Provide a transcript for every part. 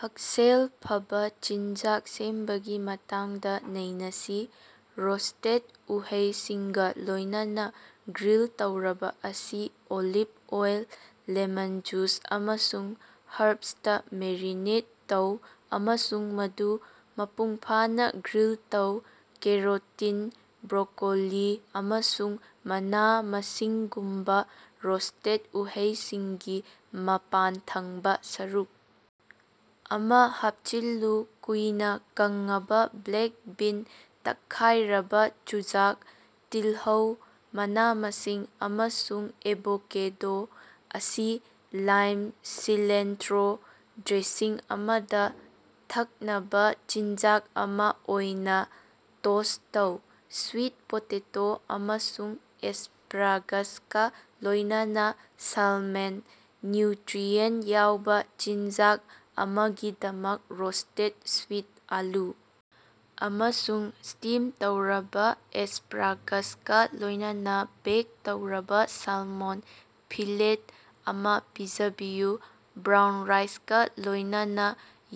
ꯍꯛꯁꯦꯜ ꯐꯕꯥ ꯆꯤꯟꯖꯥꯛ ꯁꯦꯝꯕꯒꯤ ꯃꯇꯥꯡꯗ ꯅꯩꯅꯁꯤ꯫ ꯔꯣꯁꯇꯦꯠ ꯎꯍꯩꯁꯤꯡꯒꯥ ꯂꯣꯏꯅꯅꯥ ꯒ꯭ꯔꯤꯜ ꯇꯧꯔꯕꯥ ꯑꯁꯤ ꯑꯣꯂꯤꯞ ꯑꯣꯏꯜ, ꯂꯦꯃꯟ ꯖꯨꯁ ꯑꯃꯁꯨꯡ ꯍꯔꯕꯁꯇꯥ ꯃꯦꯔꯤꯅꯦꯠ ꯇꯧ ꯑꯃꯁꯨꯡ ꯃꯗꯨ ꯃꯄꯨꯡꯐꯥꯅꯥ ꯒ꯭ꯔꯤꯜ ꯇꯧ꯫ ꯀꯦꯔꯣꯇꯤꯟ, ꯕ꯭ꯔꯣꯀꯣꯂꯤ, ꯑꯃꯁꯨꯡ ꯃꯅꯥ-ꯃꯁꯤꯡꯒꯨꯝꯕꯥ ꯔꯣꯁꯇꯦꯠ ꯎꯍꯩꯁꯤꯡꯒꯤ ꯃꯄꯥꯟꯊꯪꯕꯥ ꯁꯔꯨꯛ ꯑꯃꯥ ꯍꯥꯞꯆꯤꯜꯂꯨ꯫ ꯀꯨꯏꯅꯥ ꯀꯪꯉꯕꯥ ꯕ꯭ꯂꯦꯛ ꯕꯤꯟ, ꯇꯛꯈꯥꯏꯔꯕꯥ ꯆꯨꯖꯥꯛ, ꯇꯤꯜꯍꯧ, ꯃꯅꯥ-ꯃꯁꯤꯡ ꯑꯃꯁꯨꯡ ꯑꯦꯚꯣꯀꯦꯗꯣ ꯑꯁꯤ ꯂꯥꯏꯝ-ꯁꯤꯂꯦꯟꯇ꯭ꯔꯣ ꯗ꯭ꯔꯦꯁꯤꯡ ꯑꯃꯗꯥ ꯊꯛꯅꯕꯥ ꯆꯤꯟꯖꯥꯛ ꯑꯃꯥ ꯑꯣꯏꯅꯥ ꯇꯣꯁ ꯇꯧ꯫ ꯁ꯭ꯋꯤꯠ ꯄꯣꯇꯦꯇꯣ ꯑꯃꯁꯨꯡ ꯑꯦꯁꯄ꯭ꯔꯥꯒꯁꯀꯥ ꯂꯣꯏꯅꯅꯥ ꯁꯥꯜꯃꯣꯟ ꯅ꯭ꯌꯨꯇ꯭ꯔꯤꯑꯦꯟ ꯌꯥꯎꯕꯥ ꯆꯤꯟꯖꯥꯛ ꯑꯃꯒꯤꯗꯃꯛ ꯔꯣꯁꯇꯦꯠ ꯁ꯭ꯋꯤꯠ ꯑꯥꯂꯨ ꯑꯃꯁꯨꯡ ꯁ꯭ꯇꯤꯝ ꯇꯧꯔꯕꯥ ꯑꯦꯁꯄ꯭ꯔꯥꯒꯥꯁꯀꯥ ꯂꯣꯏꯅꯅꯥ ꯕꯦꯛ ꯇꯧꯔꯕꯥ ꯁꯥꯜꯃꯣꯟ ꯐꯤꯂꯦꯠ ꯑꯃꯥ ꯄꯤꯖꯕꯤꯌꯨ꯫ ꯕ꯭ꯔꯥꯎꯟ ꯔꯥꯏꯁꯀꯥ ꯂꯣꯏꯅꯅꯥ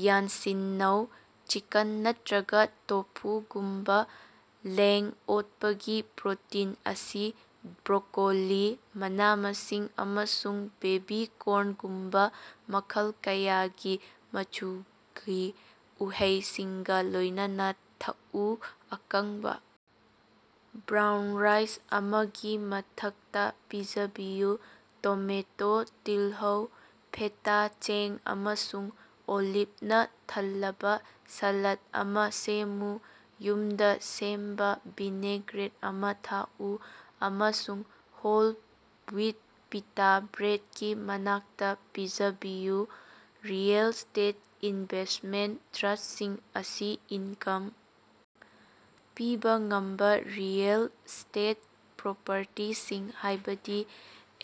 ꯌꯥꯟꯁꯤꯟꯅꯧ: ꯆꯤꯀꯟ ꯅꯠꯇ꯭ꯔꯒꯥ ꯇꯣꯐꯨꯒꯨꯝꯕꯥ ꯂꯦꯡ-ꯑꯣꯠꯄꯒꯤ ꯄ꯭ꯔꯣꯇꯤꯟ ꯑꯁꯤ ꯕ꯭ꯔꯣꯀꯣꯂꯤ, ꯃꯅꯥ-ꯃꯁꯤꯡ ꯑꯃꯁꯨꯡ ꯕꯦꯕꯤ ꯀꯣꯔꯟꯒꯨꯝꯕꯥ ꯃꯈꯜ ꯀꯌꯥꯒꯤ ꯃꯆꯨꯒꯤ ꯎꯍꯩꯁꯤꯡꯒꯥ ꯂꯣꯏꯅꯅꯥ ꯊꯛꯎ꯫ ꯑꯀꯪꯕꯥ ꯕ꯭ꯔꯥꯎꯟ ꯔꯥꯏꯁ ꯑꯃꯒꯤ ꯃꯊꯛꯇꯥ ꯄꯤꯖꯕꯤꯌꯨ꯫ ꯇꯣꯃꯦꯇꯣ, ꯇꯤꯜꯍꯧ, ꯐꯦꯇꯥ ꯆꯦꯡ ꯑꯃꯁꯨꯡ ꯑꯣꯂꯤꯞꯅꯥ ꯊꯜꯂꯕꯥ ꯁꯥꯂꯥꯗ ꯑꯃꯥ ꯁꯦꯝꯃꯨ꯫ ꯌꯨꯝꯗꯥ ꯁꯦꯝꯕꯥ ꯚꯤꯅꯦꯒ꯭ꯔꯦꯠ ꯑꯃꯥ ꯊꯥꯛꯎ ꯑꯃꯁꯨꯡ ꯍꯣꯜ ꯋꯤꯠ ꯄꯤꯇꯥ ꯕ꯭ꯔꯦꯠꯀꯤ ꯃꯅꯥꯛꯇꯥ ꯄꯤꯖꯕꯤꯌꯨ꯫ ꯔꯤꯑꯦꯜ ꯁ꯭ꯇꯦꯠ ꯏꯟꯚꯦꯁꯃꯦꯟꯇ ꯇ꯭ꯔꯁꯁꯤꯡ ꯑꯁꯤ ꯏꯟꯀꯝ ꯄꯤꯕꯥ ꯉꯝꯕꯥ ꯔꯤꯑꯦꯜ ꯁ꯭ꯇꯦꯠ ꯄ꯭ꯔꯣꯄꯔꯇꯤꯁꯤꯡ, ꯍꯥꯏꯕꯗꯤ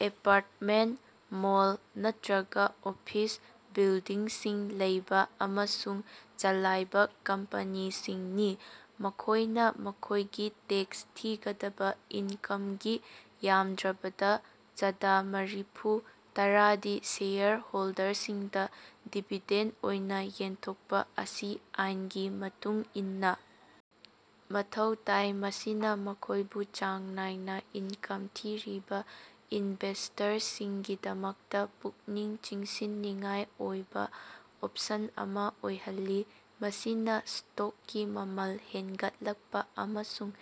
ꯑꯦꯄꯥꯔꯇꯃꯦꯟꯇ, ꯃꯣꯜ, ꯅꯠꯇ꯭ꯔꯒꯥ ꯑꯣꯐꯤꯁ ꯕꯤꯜꯗꯤꯡꯁꯤꯡ ꯂꯩꯕꯥ ꯑꯃꯁꯨꯡ ꯆꯂꯥꯏꯕꯥ ꯀꯝꯄꯅꯤꯁꯤꯡꯅꯤ꯫ ꯃꯈꯣꯏꯅꯥ ꯃꯈꯣꯏꯒꯤ ꯇꯦꯛꯁ ꯊꯤꯒꯗꯕꯥ ꯏꯟꯀꯝꯒꯤ ꯌꯥꯝꯗ꯭ꯔꯕꯗꯥ ꯆꯗꯥ ꯃꯥꯔꯤꯐꯨ ꯇꯔꯥꯗꯤ ꯁꯦꯌꯔ ꯍꯣꯜꯗꯔꯁꯤꯡꯗꯥ ꯗꯤꯕꯤꯗꯦꯟꯗ ꯑꯣꯏꯅꯥ ꯌꯦꯟꯊꯣꯛꯄꯥ ꯑꯁꯤ ꯑꯥꯏꯟꯒꯤ ꯃꯇꯨꯡ ꯏꯟꯅꯥ ꯃꯊꯧ ꯇꯥꯏ, ꯃꯁꯤꯅꯥ ꯃꯈꯣꯏꯕꯨ ꯆꯥꯡ ꯅꯥꯏꯅꯥ ꯏꯟꯀꯝ ꯊꯤꯔꯤꯕꯥ ꯏꯅꯚꯦꯁꯇꯔꯁꯤꯡꯒꯤꯗꯃꯛꯇꯥ ꯄꯨꯛꯅꯤꯡ ꯆꯤꯡꯁꯤꯟꯅꯤꯡꯉꯥꯏ ꯑꯣꯏꯕꯥ ꯑꯣꯞꯁꯟ ꯑꯃꯥ ꯑꯣꯏꯍꯜꯂꯤ꯫ ꯃꯁꯤꯅꯥ ꯁ꯭ꯇꯣꯛꯀꯤ ꯃꯃꯜ ꯍꯦꯟꯒꯠꯂꯛꯄꯥ ꯑꯃꯁꯨꯡ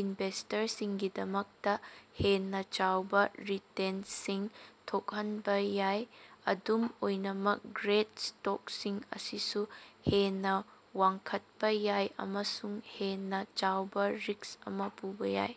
ꯏꯅꯚꯦꯁꯇꯔꯁꯤꯡꯒꯤꯗꯃꯛꯇꯥ ꯍꯦꯟꯅꯥ ꯆꯥꯎꯕꯥ ꯔꯤꯇꯦꯟꯇꯁꯤꯡ ꯊꯣꯛꯍꯟꯕꯥ ꯌꯥꯏ꯫ ꯑꯗꯨꯝ ꯑꯣꯏꯅꯃꯛ, ꯒ꯭ꯔꯣꯠ ꯁ꯭ꯇꯣꯛꯁꯤꯡ ꯑꯁꯤꯁꯨ ꯍꯦꯟꯅꯥ ꯋꯥꯡꯈꯠꯄꯥ ꯌꯥꯏ ꯑꯃꯁꯨꯡ ꯍꯦꯟꯅꯥ ꯆꯥꯎꯕꯥ ꯔꯤꯛꯁ ꯑꯃꯥ ꯄꯨꯕꯥ ꯌꯥꯏ꯫